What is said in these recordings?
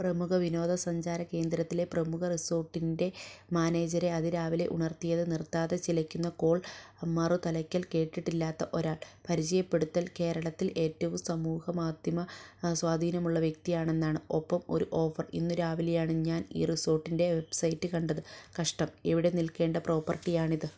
പ്രമുഖ വിനോദ സഞ്ചാര കേന്ദ്രത്തിലെ പ്രമുഖ റിസോർട്ടിൻ്റെ മാനേജരെ അതിരാവിലെ ഉണർത്തിയത് നിർത്താതെ ചിലയ്ക്കുന്ന കോൾ. മറുതലയ്ക്കൽ കേട്ടിട്ടില്ലാത്ത ഒരാൾ. പരിചയപ്പെടുത്തൽ കേരളത്തിൽ ഏറ്റവും സമൂഹമാധ്യമ സ്വാധീനമുള്ള വ്യക്തിയാണെന്നാണ്. ഒപ്പം ഒരു ഓഫർ. ഇന്നു രാവിലെയാണ് ഞാൻ ഈ റിസോർട്ടിൻ്റെ വെബ്സൈറ്റ് കണ്ടത്. കഷ്ടം, എവിടെ നിൽക്കേണ്ട പ്രോപ്പർട്ടിയാണിത്.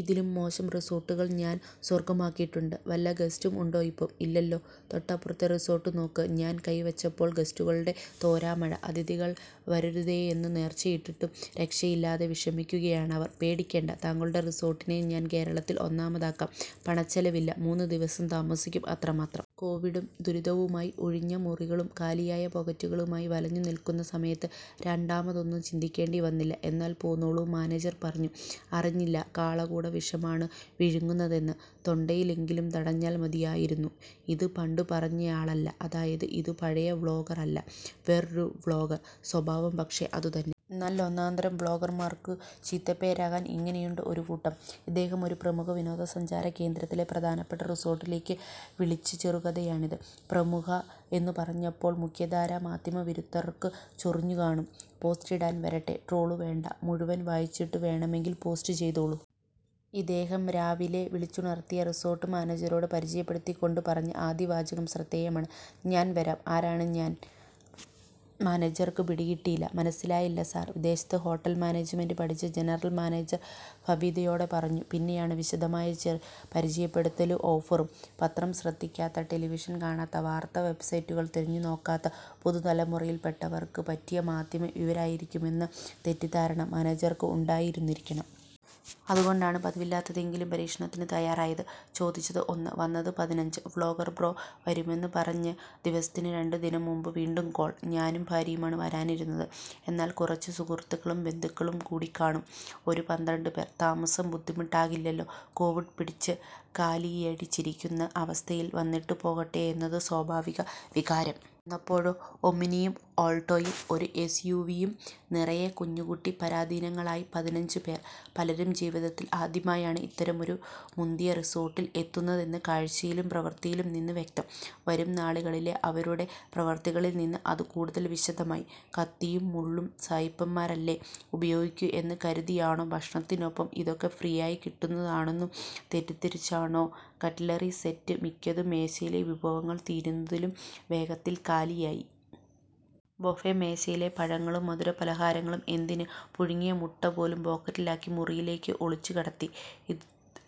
ഇതിലും മോശം റിസോർട്ടുകൾ ഞാൻ സ്വർഗമാക്കിയിട്ടുണ്ട്. വല്ല ഗസ്റ്റും ഉണ്ടോ ഇപ്പോ? ഇല്ലല്ലോ? തൊട്ടപ്പുറത്തെ റിസോർട്ട് നോക്ക്. ഞാൻ കൈ വച്ചപ്പോൾ ഗസ്റ്റുകളുടെ തോരാമഴ. അതിഥികൾ വരരുതേയെന്നു നേർച്ചയിട്ടിട്ടും രക്ഷയില്ലാതെ വിഷമിക്കയാണവർ. പേടിക്കേണ്ട, താങ്കളുടെ റിസോർട്ടിനെ ഞാൻ കേരളത്തിൽ ഒന്നാമതാക്കാം. പണച്ചെലവില്ല. മൂന്നു ദിവസം താമസിക്കും, അത്ര മാത്രം. കോവിഡും ദുരിതവുമായി ഒഴിഞ്ഞ മുറികളും കാലിയായ പോക്കറ്റുകളുമായി വലഞ്ഞു നിൽക്കുന്ന സമയത്ത് രണ്ടാമതൊന്നു ചിന്തിക്കേണ്ടി വന്നില്ല. എന്നാൽ പോന്നോളൂ മാനേജർ പറഞ്ഞു. അറിഞ്ഞില്ല, കാളകൂടവിഷമാണ് വിഴുങ്ങുന്നതെന്ന്. തൊണ്ടയിലെങ്കിലും തടഞ്ഞാൽ മതിയായിരുന്നു. ഇത് പണ്ടു പറഞ്ഞയാളല്ല, അതായത് ഇതു പഴയ ബ്ലോഗർ അല്ല. വേറൊരു ബ്ലോഗർ. സ്വഭാവം പക്ഷേ അതുതന്നെ. നല്ലൊന്നാന്തരം ബ്ലോഗർമാർക്കു ചീത്തപ്പേരാകാൻ ഇങ്ങനെയുണ്ട് ഒരു കൂട്ടം. ഇദ്ദേഹം ഒരു പ്രമുഖ വിനോദ സഞ്ചാര കേന്ദ്രത്തിലെ പ്രധാനപ്പെട്ട റിസോർട്ടിലേക്കു വിളിച്ച ചെറുകഥയാണിത്. പ്രമുഖ എന്നു പറഞ്ഞപ്പോൾ മുഖ്യധാരാ മാധ്യമ വിരുദ്ധർക്കു ചൊറിഞ്ഞു കാണും. പോസ്റ്റിടാൻ വരട്ടെ, ട്രോളും വേണ്ട. മുഴുവൻ വായിച്ചിട്ടു വേണമെങ്കിൽ പോസ്റ്റ് ചെയ്തോളൂ. ഇദ്ദേഹം രാവിലെ വിളിച്ചുണർത്തിയ റിസോർട്ട് മാനേജരോട് പരിചയപ്പെടുത്തിക്കൊണ്ടു പറഞ്ഞ ആദ്യ വാചകം ശ്രദ്ധേയമാണ്. ഞാൻ വരാം. ആരാണു ഞാൻ? മാനേജർക്കു പിടികിട്ടിയില്ല. മനസ്സിലായില്ല സാർ. വിദേശത്ത് ഹോട്ടൽ മാനേജ്മെൻ്റ് പഠിച്ച ജനറൽ മാനേജർ ഭവ്യതയോടെ പറഞ്ഞു. പിന്നെയാണ് വിശദമായ പരിചയപ്പെടുത്തലും ഓഫറും. പത്രം ശ്രദ്ധിക്കാത്ത, ടെലിവിഷൻ കാണാത്ത, വാർത്താ വെബ്സൈറ്റുകൾ തിരിഞ്ഞു നോക്കാത്ത പുതുതലമുറയിൽപ്പെട്ടവർക്ക് പറ്റിയ മാധ്യമം ഇവരായിരിക്കുമെന്ന തെറ്റിദ്ധാരണ മാനേജർക്കും ഉണ്ടായിരുന്നിരിക്കണം. അതുകൊണ്ടാണ് പതിവില്ലാത്തതെങ്കിലും പരീക്ഷണത്തിനു തയാറായത്. ചോദിച്ചത് ഒന്ന്, വന്നത് പതിനഞ്ച്. ബ്ലോഗർ ബ്രോ വരുമെന്നു പറഞ്ഞ ദിവസത്തിനു രണ്ടു ദിനം മുമ്പ് വീണ്ടും കോൾ. ഞാനും ഭാര്യയുമാണ് വരാനിരുന്നത്. എന്നാൽ കുറച്ചു സുഹൃത്തുക്കളും ബന്ധുക്കളും കൂടിക്കാണും. ഒരു പന്ത്രണ്ട് പേർ. താമസം ബുദ്ധിമുട്ടാകില്ലല്ലോ? കോവിഡ് പിടിച്ചു കാലിയടിച്ചിരിക്കുന്ന അവസ്ഥയിൽ വന്നിട്ടു പോകട്ടെയെന്നതു സ്വാഭാവിക വികാരം. വന്നപ്പോഴോ? ഓമ്നിയും ഓൾട്ടോയും ഒരു എസ് യു വി യും നിറയെ കുഞ്ഞുകുട്ടി പരാധീനങ്ങളായി പതിനഞ്ച് പേർ. പലരും ജീവിതത്തിൽ ആദ്യമായാണ് ഇത്തരമൊരു മുന്തിയ റിസോർട്ടിൽ എത്തുന്നതെന്നു കാഴ്ചയിലും പ്രവൃത്തിയിലും നിന്ന് വ്യക്തം. വരും നാളുകളിലെ അവരുടെ പ്രവൃത്തികളിൽ നിന്ന് അതു കൂടുതൽ വിശദമായി. കത്തിയും മുള്ളും സായിപ്പന്മാരല്ലേ ഉപയോഗിക്കൂ എന്നു കരുതിയാണോ ഭക്ഷണത്തിനൊപ്പം ഇതൊക്കെ ഫ്രീയായി കിട്ടുന്നതാണെന്നു തെറ്റിദ്ധരിച്ചാണോ കട്ലറി സെറ്റ് മിക്കതും മേശയിലെ വിഭവങ്ങൾ തീരുന്നതിലും വേഗത്തിൽ കാലിയായി. ബഫെ മേശയിലെ പഴങ്ങളും മധുര പലഹാരങ്ങളും എന്തിന്, പുഴുങ്ങിയ മുട്ട പോലും പോക്കറ്റിലാക്കി മുറിയിലേക്ക് ഒളിച്ചു കടത്തി.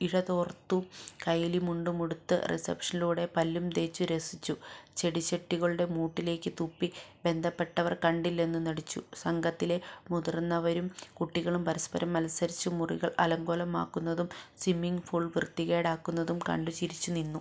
ഇഴത്തോർത്തും കൈലിമുണ്ടുമുടുത്ത് റിസപ്ഷനിലൂടെ പല്ലു തേച്ചു രസിച്ചു. ചെടിച്ചട്ടികളുടെ മൂട്ടിലേക്ക് തുപ്പി. ബന്ധപ്പെട്ടവർ കണ്ടില്ലെന്നു നടിച്ചു. സംഘത്തിലെ മുതിർന്നവരും കുട്ടികളും പരസ്പരം മത്സരിച്ച് മുറികൾ അലങ്കോലമാക്കുന്നതും സ്വിമ്മിങ് പൂൾ വൃത്തികേടാക്കുന്നതും കണ്ടു ചിരിച്ചു നിന്നു.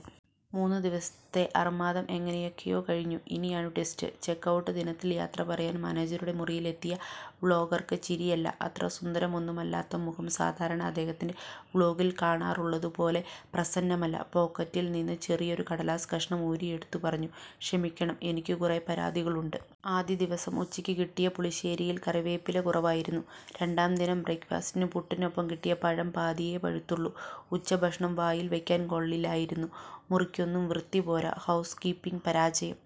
മൂന്നു ദിവസത്തെ അർമാദം എങ്ങനെയൊക്കെയോ കഴിഞ്ഞു. ഇനിയാണ് ട്വിസ്റ്റ്. ചെക്ക് ഔട്ട് ദിനത്തിൽ യാത്ര പറയാൻ മാനേജരുടെ മുറിയിലെത്തിയ ബ്ലോഗർക്ക് ചിരിയില്ല. അത്ര സുന്ദരമൊന്നുമല്ലാത്ത മുഖം സാധാരണ അദ്ദേഹത്തിൻ്റെ ബ്ലോഗിൽ കാണാറുള്ളതു പോലെ പ്രസന്നമല്ല. പോക്കറ്റിൽ നിന്ന് ചെറിയൊരു കടലാസ് കഷണം ഊരിയെടുത്തു പറഞ്ഞു. ക്ഷമിക്കണം, എനിക്കു കുറേ പരാതികളുണ്ട്. ആദ്യ ദിവസം ഉച്ചയ്ക്കു കിട്ടിയ പുളിശ്ശേരിയിൽ കറിവേപ്പില കുറവായിരുന്നു. രണ്ടാം ദിനം ബ്രേക്ക് ഫാസ്റ്റിന് പുട്ടിനൊപ്പം കിട്ടിയ പഴം പാതിയേ പഴുത്തുള്ളൂ. ഉച്ചഭക്ഷണം വായിൽ വയ്ക്കാൻ കൊള്ളില്ലായിരുന്നു. മുറിക്കൊന്നും വൃത്തി പോരാ. ഹൗസ് കീപ്പിങ് പരാജയം.